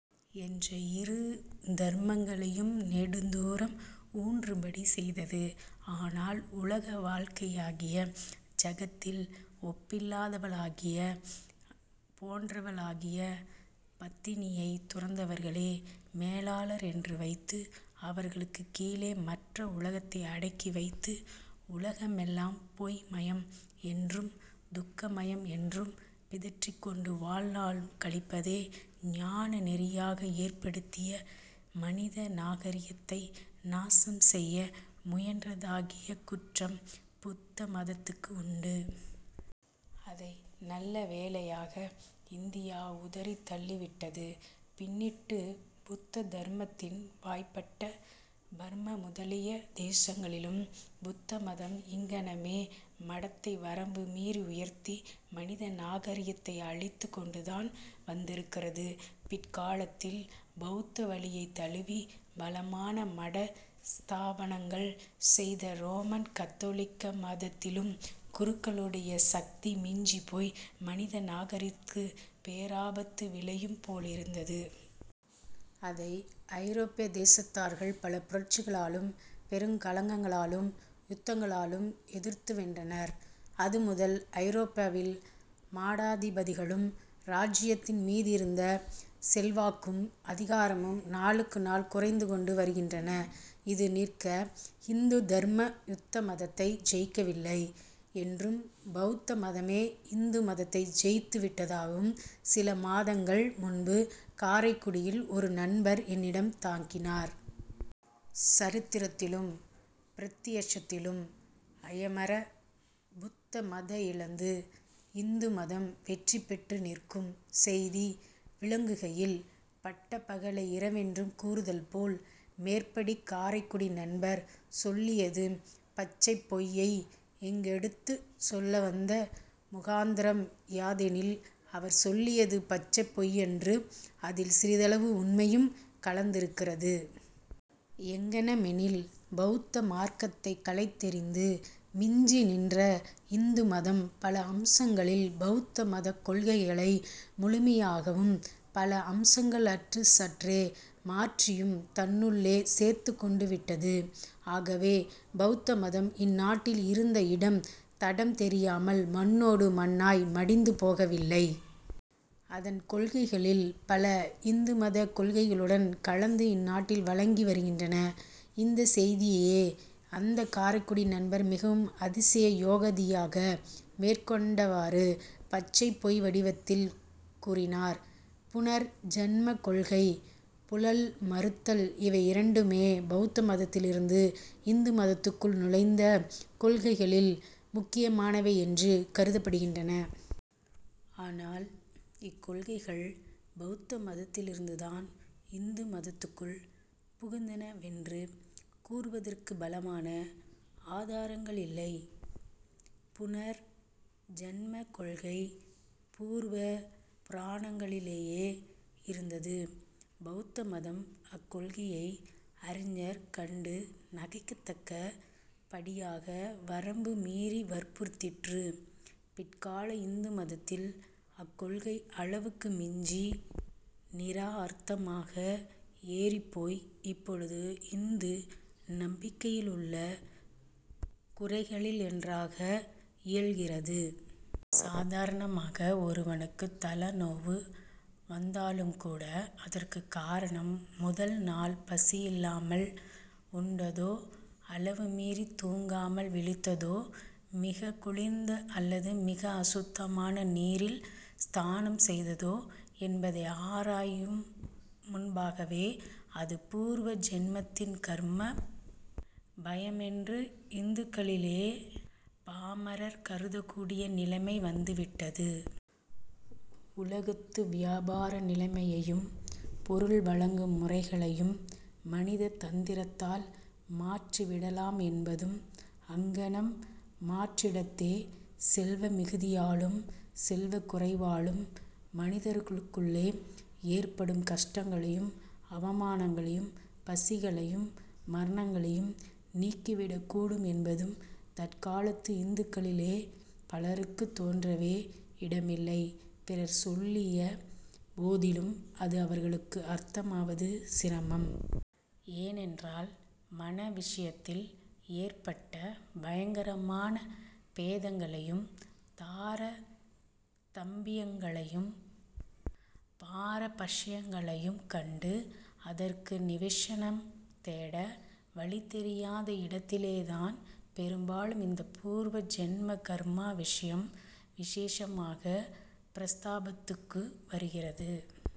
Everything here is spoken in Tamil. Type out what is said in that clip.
என்ற இரு தர்மங்களையும் நெடுந்தூரம் ஊன்றும்படி செய்தது. ஆனால், உலக வாழ்க்கையாகிய ஜகத்தில் ஒப்பில்லாதவளாகிய போன்றவளாகிய பத்தினியைத் துறந்தவர்களே மேலோர் என்று வைத்து, அவர்களுக்குக் கீழே மற்ற உலகத்தை அடக்கி வைத்து உலகமெல்லாம் பொய் மயம் என்றும், துக்க மயம் என்றும் பிதற்றிக் கொண்டு வாழ்நாள் கழிப்பதே ஞான நெறியாக ஏற்படுத்தி மனித நாகரிகத்தை நாசஞ் செய்ய முயன்றதாகிய குற்றம் புத்த மதத்துக்கு உண்டு. அதை நல்ல வேளையாக இந்தியா உதறித் தள்ளிவிட்டது. பின்னிட்டுப் புத்த தர்மத்தின் வாய்ப்பட்ட பர்மா முதலிய தேசங்களிலும் புத்த மதம் இங்ஙனமே மடத்தை வரம்பு மீறி உயர்த்தி மனித நாகரிகத்தை அழித்துக் கொண்டுதான் வந்திருக்கிறது. பிற்காலத்தில் பௌத்த வழியைத் தழுவி, பலமான மட ஸ்தாபனங்கள் செய்த ரோமன் கத்தோலிக்க மதத்திலும் குருக்களுடைய சக்தி மிஞ்சிப் போய் மனித நாகரிகத்துக்குப் பேராபத்து விளையும் போலிருந்தது. அதை ஐரோப்பிய தேசத்தார்கள் பல புரட்சிகளாலும், பெருங் கலகங்களாலும், யுத்தங்களாலும் எதிர்த்து வென்றனர். அது முதல் ஐரோப்பாவில் மடாதிபதிகளுக்கு ராஜ்யத்தின் மீதிருந்த செல்வாக்கும் அதிகாரமும் நாளுக்கு நாள் குறைந்து கொண்டு வருகின்றன. இது நிற்க. ஹிந்து தர்மம் புத்த மதத்தை ஜெயிக்கவில்லை யென்றும், பௌத்த மதமே ஹிந்து மதத்தை ஜெயித்து விட்டதாகவும் சில மாதங்கள் முன்பு, காரைக்குடியில் ஒரு நண்பர் என்னிடம் தாக்கினார். சரித்திரத்திலும் பிரத்யக்ஷத்திலும் ஐயமற புத்த மதமழிந்து, ஹிந்து மதம் வெற்றி பெற்று நிற்கும் செய்தி விளங்குகையில், பட்டப் பகலை இரவென்று கூறுதல் போல், மேற்படி காரைக்குடி நண்பர் சொல்லியது பச்சைப் பொய்யை இங்கெடுத்துச் சொல்லவந்த முகாந்தரம் யாதெனில் அவர் சொல்லியது பச்சைப் பொய்யன்று. அதில் சிறிதளவு உண்மையும் கலந்திருக்கிறது. எங்ஙனமெனில், பௌத்த மார்க்கத்தை களைத்தெறிந்து மிஞ்சி நின்ற ஹிந்து மதம் பல அம்சங்களில் பௌத்த மதக் கொள்கைகளை முழுமையாகவும் பல அம்சங்களிற் சற்றே மாற்றியும் தன்னுள்ளே சேர்த்துக் கொண்டுவிட்டது. ஆகவே பௌத்த மதம் இந்நாட்டில் இருந்த இடம் தடம் தெரியாமல் மண்ணோடு மண்ணாய் மடிந்து போகவில்லை. அதன் கொள்கைகளில் பல ஹிந்து மதக் கொள்கைகளுடன் கலந்து இந்நாட்டில் வழங்கி வருகின்றன. இந்தச் செய்தியையே அந்தக் காரைக்குடி நண்பர் மிகவும் அதிச யோகதியாக மேற்கண்டவாறு பச்சைப் பொய் வடிவத்தில் கூறினார். புனர் ஜன்மக் கொள்கை, புலால் மறுத்தல் இவை இரண்டுமே பௌத்த மதத்திலிருந்து ஹிந்து மதத்துக்குள் நுழைந்த கொள்கைகளில் முக்கியமானவை என்று கருதப் படுகின்றன. ஆனால், இக்கொள்கைகள் பௌத்த மதத்திலிருந்துதான் ஹிந்து மதத்துக்குள் புகுந்தனவென்று கூறுவதற்குப் பலமான ஆதாரங்களில்லை. புனர் ஜன்ம கொள்கை பூர்வ புராணங்களிலேயே இருந்தது. பௌத்த மதம் அக்கொள்கையை அறிஞர் கண்டு நகைக்கத்தக்க படியாக, வரம்பு மீறி வற்புறுத்திற்று. பிற்கால ஹிந்து மதத்தில் அக்கொள்கை அளவுக்கு மிஞ்சி, நிரார்த்தகமாக ஏறிப்போய் இப்போது ஹிந்து நம்பிக்கையிலுள்ள குறைகளிலொன்றாக இயல்கிறது. சாதாரணமாக ஒருவனுக்குத் தலை நோவு வந்தாலுங்கூட, அதற்குக் காரணம் 'முதல்நாள் பசியில்லாமல் உண்டதோ, அளவு மீறித் தூக்கம் விழித்ததோ, மிகக் குளிர்ந்த அல்லது மிக அசுத்தமான நீரில் ஸ்நானம் செய்ததோ என்பதை ஆராயும் முன்பாகவே அது பூர்வ ஜன்மத்தின் கர்மப் பயனென்று ஹிந்துக்களிலே பாமரர் கருதக்கூடிய நிலைமை வந்துவிட்டது. உலகத்து வியாபார நிலைமையையும், பொருள் வழங்கும் முறைகளையும் மனித தந்திரத்தால் மாற்றி விடலாம் என்பதும், அங்ஙனம் மாற்றுமிடத்தே செல்வ மிகுதியாலும் செல்வக் குறைவாலும் மனிதர்களுக்குள்ளே ஏற்படும் கஷ்டங்களையும், அவமானங்களையும், பசிகளையும், மரணங்களையும் நீக்கிவிடக் கூடும் என்பதும் தற்காலத்து ஹிந்துக்களிலே பலருக்கு தோன்றவே இடமில்லை. பிறர் சொல்லிய போதிலும் அது அவர்களுக்கு அர்த்தமாவது சிரமம். ஏனென்றால், மண விஷயத்தில் ஏற்பட்ட பயங்கரமான பேதங்களையும், தார தம்மியங்களையும், பாரபக்ஷங்களையும் கண்டு, அதற்கு நிவக்ஷணம் தேட வழி தெரியாத இடத்திலேதான், பெரும்பாலும் இந்தப் பூர்வ ஜன்ம கர்ம விஷயம் விசேஷமாகப் பிரஸ்தாபத்துக்கு வருகிறது.